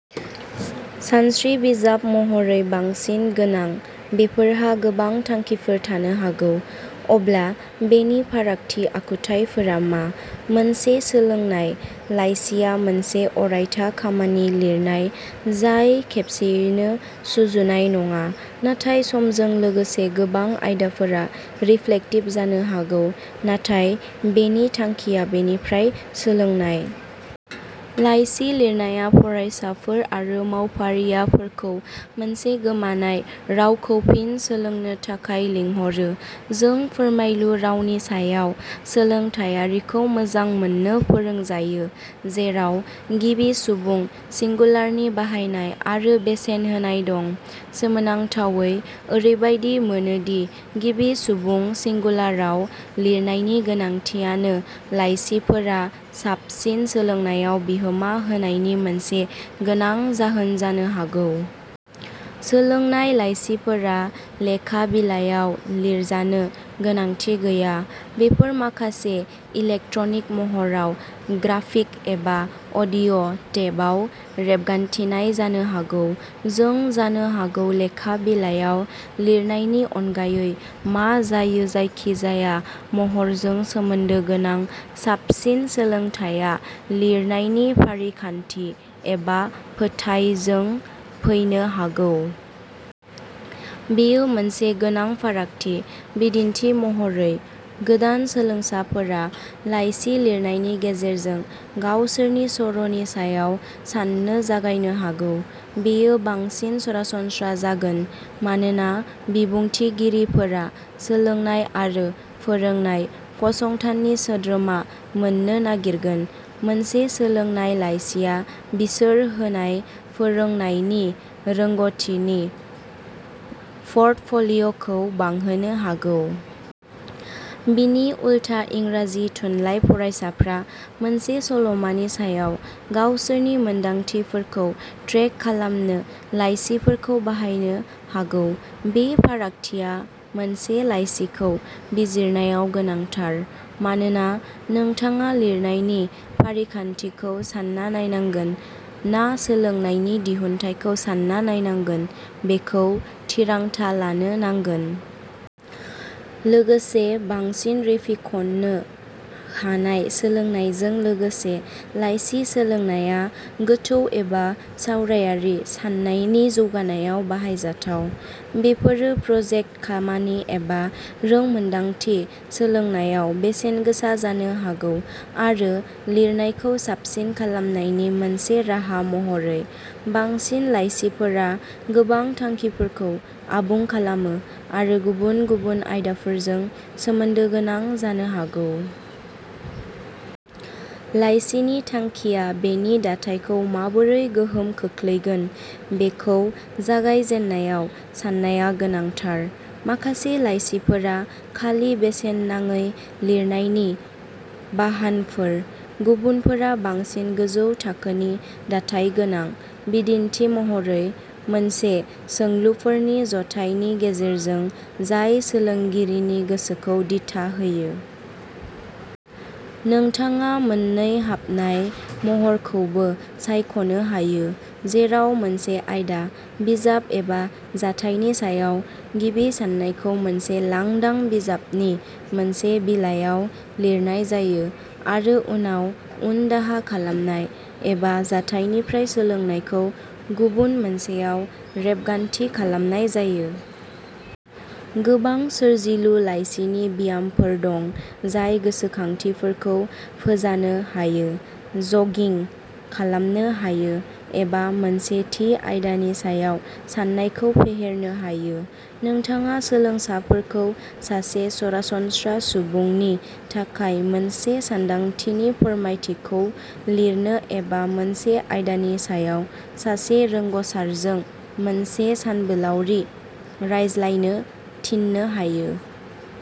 सानस्रि बिजाब महरै बांसिन गोनां, बेफोरहा गोबां थांखिफोर थानो हागौ। अब्ला बेनि फारागथि आखुथायफोरा मा? मोनसे सोलोंनाय लाइसिया मोनसे अरायथा खामानि लिरनाय जाय खेबसेयैनो सुजुनाय नङा नाथाय समजों लोगोसे गोबां आयदाफोरा रिफ्लेक्टिभ जानो हागौ नाथाय बेनि थांखिया बेनिफ्राय सोलोंनाय। लाइसि लिरनाया फरायसाफोर आरो मावफारियाफोरखौ मोनसे गोमानाय रावखौ फिन सोलोंनो थाखाय लिंहरो। जों फोरमायलु रावनि सायाव सोलोंथायारिखौ मोजां मोननो फोरोंजायो जेराव गिबि सुबुं सिंगुलारनि बाहायनाय आरो बेसेन होनाय दं। सोमोनांथावै ओरैबायदि मोनो दि गिबि सुबुं सिंगुलाराव लिरनायनि गोनांथियानो लाइसिफोरा साबसिन सोलोंनायाव बिहोमा होनायनि मोनसे गोनां जाहोन जानो हागौ। सोलोंनाय लाइसिफोरा लेखा बिलायाव लिरजानो गोनांथि गैया। बेफोर माखासे इलेक्ट्रनिक महराव, ग्राफिक एबा अडिअ टेपआव रेबगान्थिनाय जानो हागौ। जों जानो हागौ लेखा बिलायाव लिरनायनि अनगायै, मा जायो जायखि जाया महरजों सोमोन्दो गोनां। साबसिन सोलोंथाया लिरनायनि फारिखान्थि एबा फिथायजों फैनो हागौ। बेयो मोनसे गोनां फारागथि। बिदिन्थि महरै गोदान सोलोंसाफोरा लाइसि लिरनायनि गेजेरजों गावसोरनि सर'नि सायाव साननो जागायनो हागौ। बेयो बांसिन सरासनस्रा जागोन मानोना बिबुंथिगिरिफोरा सोलोंनाय आरो फोरोंनाय फसंथाननि सोद्रोमा मोननो नागिरगोन। मोनसे सोलोंनाय लाइसिआ बिसोर होनाय फोरोंनायनि रोंग'थिनि पर्टफ'लिय'खौ बांहोनो हागौ। बिनि उलथा, इंराजि थुनलाइ फरायसाफ्रा मोनसे सल'मानि सायाव गावसोरनि मोनदांथिफोरखौ ट्रेक खालामनो लाइसिफोरखौ बाहायनो हागौ। बे फारागथिया मोनसे लाइसिखौ बिजिरनायाव गोनांथार, मानोना नोंथाङा लिरनायनि फारिखान्थिखौ सान्ना नायनांगोन ना सोलोंनायनि दिहुनथायखौ सान्ना नायनांगोन बेखौ थिरांथा लानो नांगोन। लोगोसे बांसिन रिफिखननो हानाय सोलोंनायजों लोगोसे, लाइसि सोलोंनाया गोथौ एबा सावरायारि साननायनि जौगानायाव बाहायजाथाव। बेफोरो प्रजेक्ट खामानि एबा रोंमोनदांथि सोलोंनायाव बेसेनगोसा जानो हागौ। आरो लिरनायखौ साबसिन खालामनायनि मोनसे राहा महरै। बांसिन लाइसिफोरा गोबां थांखिफोरखौ आबुं खालामो आरो गुबुन गुबुन आयदाफोरजों सोमोन्दो गोनां जानो हागौ। लाइसिनि थांखिया बेनि दाथायखौ माबोरै गोहोम खोख्लैगोन बेखौ जागायजेननायाव साननाया गोनांथार। माखासे लाइसिफोरा खालि बेसेन नाङै लिरनायनि बाहनफोर। गुबुनफोरा बांसिन गोजौ थाखोनि दाथाय गोनां, बिदिन्थि महरै मोनसे सोंलुफोरनि जथायनि गेजेरजों जाय सोलोंगिरिनि गोसोखौ दिथा होयो। नोंथाङा मोननै हाबनाय महरखौबो सायख'नो हायो, जेराव मोनसे आयदा बिजाब एबा जाथायनि सायाव गिबि साननायखौ मोनसे लांदां बिजाबनि मोनसे बिलायाव लिरनाय जायो आरो उनाव उनदाहा खालामनाय एबा जाथायनिफ्राय सोलोंनायखौ गुबुन मोनसेयाव रेबगान्थि खालामनाय जायो। गोबां सोरजिलु लाइसिनि ब्यामफोर दं जाय गोसोखांथिफोरखौ फोजानो हायो, जगिं खालामनो हायो एबा मोनसे थि आयदानि सायाव सान्नायखौ फेहेरनो हायो। नोंथाङा सोलोंसाफोरखौ सासे सरासनस्रा सुबुंनि थाखाय मोनसे सानदांथिनि फोरमायथिखौ लिरनो एबा मोनसे आयदानि सायाव सासे रोंग'सारजों मोनसे सानबोलावरि रायज्लायनो थिननो हायो।